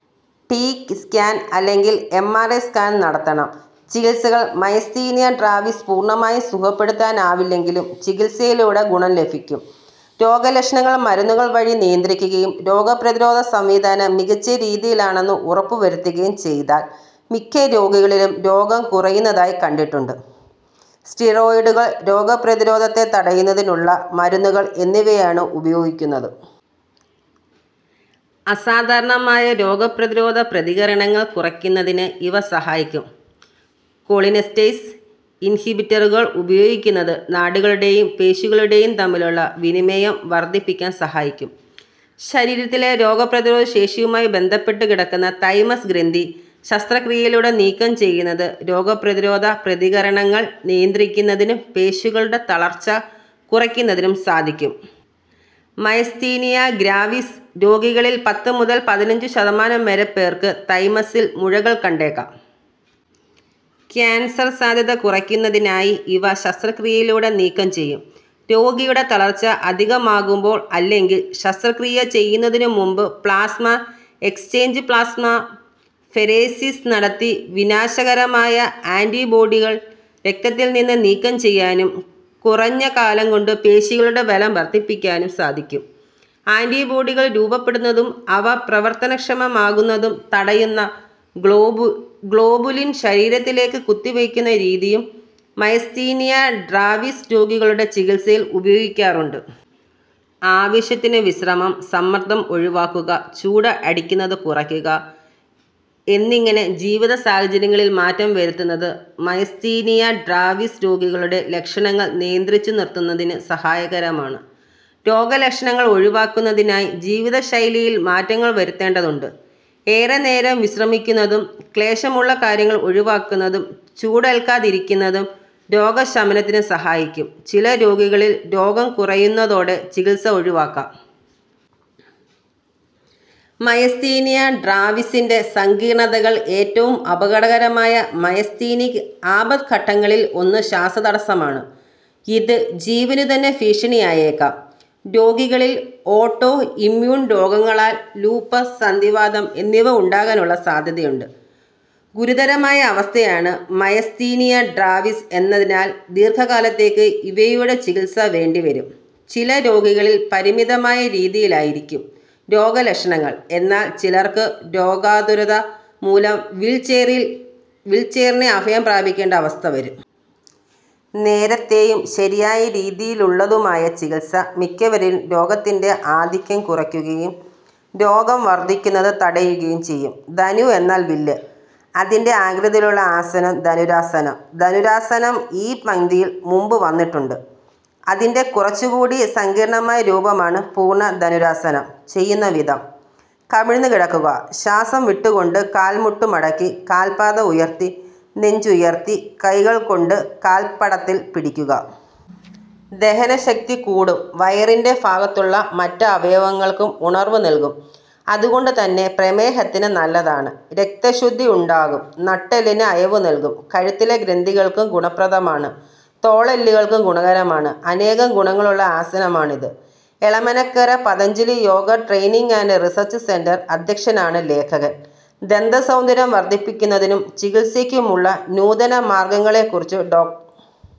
T. Scan അല്ലെങ്കിൽ, M. R. I. Scan നടത്തണം. ചികിത്സകൾ മയസ്തീനിയ ഡ്രാവിസ് പൂർണമായും സുഖപ്പെടുത്താനാവില്ലെങ്കിലും ചികിത്സയിലൂടെ ഗുണം ലഭിക്കും. രോഗലക്ഷണങ്ങൾ മരുന്നുകൾ വഴി നിയന്ത്രിക്കുകയും രോഗപ്രതിരോധ സംവിധാനം മികച്ച രീതിയിലാണെന്ന് ഉറപ്പുവരുത്തുകയും ചെയ്താൽ മിക്ക രോഗികളിലും രോഗം കുറയുന്നതായി കണ്ടിട്ടുണ്ട്. സ്റ്റിറോയ്ഡുകൾ, രോഗപ്രതിരോധത്തെ തടയുന്നതിനുള്ള മരുന്നുകൾ എന്നിവയാണ് ഉപയോഗുന്നത്. അസാധാരണമായ രോഗപ്രതിരോധ പ്രതികരണങ്ങൾ കുറയ്ക്കുന്നതിന് ഇവ സഹായിക്കും. കോളിനെസ്റ്റേയ്സ് ഇൻഹിബിറ്ററുകൾ ഉപയോഗിക്കുന്നത് നാഡികളുടെയും പേശികളുടെയും തമ്മിലുള്ള വിനിമയം വർധിപ്പിക്കാൻ സഹായിക്കും. ശരീരത്തിലെ രോഗപ്രതിരോധ ശേഷിയുമായി ബന്ധപ്പെട്ടു കിടക്കുന്ന 'തൈമസ് ഗ്രന്ഥി'ശസ്ത്രക്രിയയിലൂടെ നീക്കം ചെയ്യുന്നത് രോഗപ്രതിരോധ പ്രതികരണങ്ങൾ നിയന്ത്രിക്കുന്നതിനും പേശികളുടെ തളർച്ച കുറയ്ക്കുന്നതിനും സാധിക്കും. മയസ്തീനിയ ഗ്രാവിസ് രോഗികളിൽ പത്തു മുതൽ പതിനഞ്ചു ശതമാനം വരെ പേർക്ക് തൈമസിൽ മുഴകൾ കണ്ടേക്കാം. കാൻസർ സാധ്യത കുറയ്ക്കുന്നതിനായി ഇവ ശസ്ത്രക്രിയയിലൂടെ നീക്കം ചെയ്യും. രോഗിയുടെ തളർച്ച അധികമാകുമ്പോൾ അല്ലെങ്കിൽ, ശസ്ത്രക്രിയ ചെയ്യുന്നതിനു മുമ്പ് പ്ലാസ്മ എക്സ്ചേഞ്ച് പ്ലാസ്മ ഫെരേസിസ് നടത്തി വിനാശകരമായ ആന്റിബോഡികൾ രക്തത്തിൽനിന്ന് നീക്കം ചെയ്യാനും കുറഞ്ഞ കാലംകൊണ്ട് പേശികളുടെ ബലം വർധിപ്പിക്കാനും സാധിക്കും. ആന്റിബോഡികൾ രൂപപ്പെടുന്നതും അവ പ്രവർത്തനക്ഷമമാകുന്നതും തടയുന്ന ഗ്ലോബുലിൻ ശരീരത്തിലേക്ക് കുത്തിവയ്ക്കുന്ന രീതിയും മയസ്തീനിയ ഡ്രാവിസ് രോഗികളുടെ ചികിത്സയിൽ ഉപയോഗിക്കാറുണ്ട്. ആവശ്യത്തിന് വിശ്രമം, സമ്മർദം ഒഴിവാക്കുക, ചൂട് അടിക്കുന്നത് കുറയ്ക്കുക എന്നിങ്ങനെ ജീവിത സാഹചര്യങ്ങളിൽ മാറ്റം വരുത്തുന്നത് മയസ്തീനിയ ഡ്രാവിസ് രോഗികളുടെ ലക്ഷണങ്ങൾ നിയന്ത്രിച്ചു നിർത്തുന്നതിന് സഹായകമാണ്. രോഗലക്ഷണങ്ങൾ ഒഴിവാക്കുന്നതിനായി ജീവിതശൈലിയിൽ മാറ്റങ്ങൾ വരുത്തേണ്ടതുണ്ട്. ഏറെനേരം വിശ്രമിക്കുന്നതും ക്ലേശമുള്ള കാര്യങ്ങൾ ഒഴിവാക്കുന്നതും ചൂടേൽക്കാതിരിക്കുന്നതും രോഗശമനത്തിന് സഹായിക്കും. ചില രോഗികളിൽ രോഗം കുറയുന്നതോടെ ചികിത്സ ഒഴിവാക്കാം. മയസ്തീനിയ ഡ്രാവിസിന്റെ സങ്കീർണതകൾ ഏറ്റവും അപകടകരമായ മയസ്തീനിക് ആപത്ഘട്ടങ്ങളിൽ ഒന്ന് ശ്വാസതടസ്സമാണ്. ഇത് ജീവനുതന്നെ ഭീഷണിയായേക്കാം. രോഗികളിൽ ഓട്ടോ ഇമ്യൂൺ രോഗങ്ങളാൽ ലൂപ്പസ്, സന്ധിവാതം എന്നിവ ഉണ്ടാകാനുള്ള സാധ്യതയുണ്ട്. ഗുരുതരമായ അവസ്ഥയാണ് മയസ്തീനിയ ഡ്രാവിസ് എന്നതിനാൽ ദീർഘകാലത്തേക്ക് ഇവയുടെ ചികിത്സ വേണ്ടിവരും. ചില രോഗികളിൽ പരിമിതമായ രീതിയിലായിരിക്കും രോഗലക്ഷണങ്ങൾ, എന്നാൽ, ചിലർക്ക് രോഗാതുരത മൂലം വീൽച്ചെയറിനെ അഭയം പ്രാപിക്കേണ്ട അവസ്ഥ വരും. നേരത്തെയും ശരിയായ രീതിയിലുള്ളതുമായ ചികിത്സ മിക്കവരിലും രോഗത്തിന്റെ ആധിക്യം കുറയ്ക്കുകയും രോഗം വർധിക്കുന്നത് തടയുകയും ചെയ്യും. ധനു എന്നാൽ വില്ല്. അതിന്റെ ആകൃതിയിലുള്ള ആസനം ധനുരാസനം. ധനുരാസനം ഈ പംക്തിയിൽ മുമ്പ് വന്നിട്ടുണ്ട്. അതിന്റെ കുറച്ചുകൂടി സങ്കീർണമായ രൂപമാണ് പൂർണ ധനുരാസനം. ചെയ്യുന്നവിധം:കമിഴ്ന്ന് കിടക്കുക, ശ്വാസം വിട്ടുകൊണ്ട് കാൽമുട്ടു മടക്കി, കാൽപ്പാദം ഉയർത്തി, നെഞ്ചുയർത്തി കൈകൾകൊണ്ട് കാൽപ്പടത്തിൽ പിടിക്കുക. ദഹനശക്തി കൂടും. വയറിന്റെ ഭാഗത്തുള്ള മറ്റ് അവയവങ്ങൾക്കും ഉണർവു നൽകും. അതുകൊണ്ടുതന്നെ, പ്രമേഹത്തിന് നല്ലതാണ്. രക്തശുദ്ധിയുണ്ടാകും. നട്ടെല്ലിന് അയവു നൽകും. കഴുത്തിലെ ഗ്രന്ഥികൾക്കും ഗുണപ്രദമാണ്. തോളെല്ലുകൾക്കും ഗുണകരമാണ്. അനേകം ഗുണങ്ങളുള്ള ആസനമാണിത്. Elamanakkara Patanjali yoga training and research centre അധ്യക്ഷനാണ് ലേഖകൻ. ദന്ത സൗന്ദര്യംവർധിപ്പിക്കുന്നതിനും ചികിത്സയ്ക്കുമുള്ള നൂതന മാർഗങ്ങളെക്കുറിച്ച് ഡോ.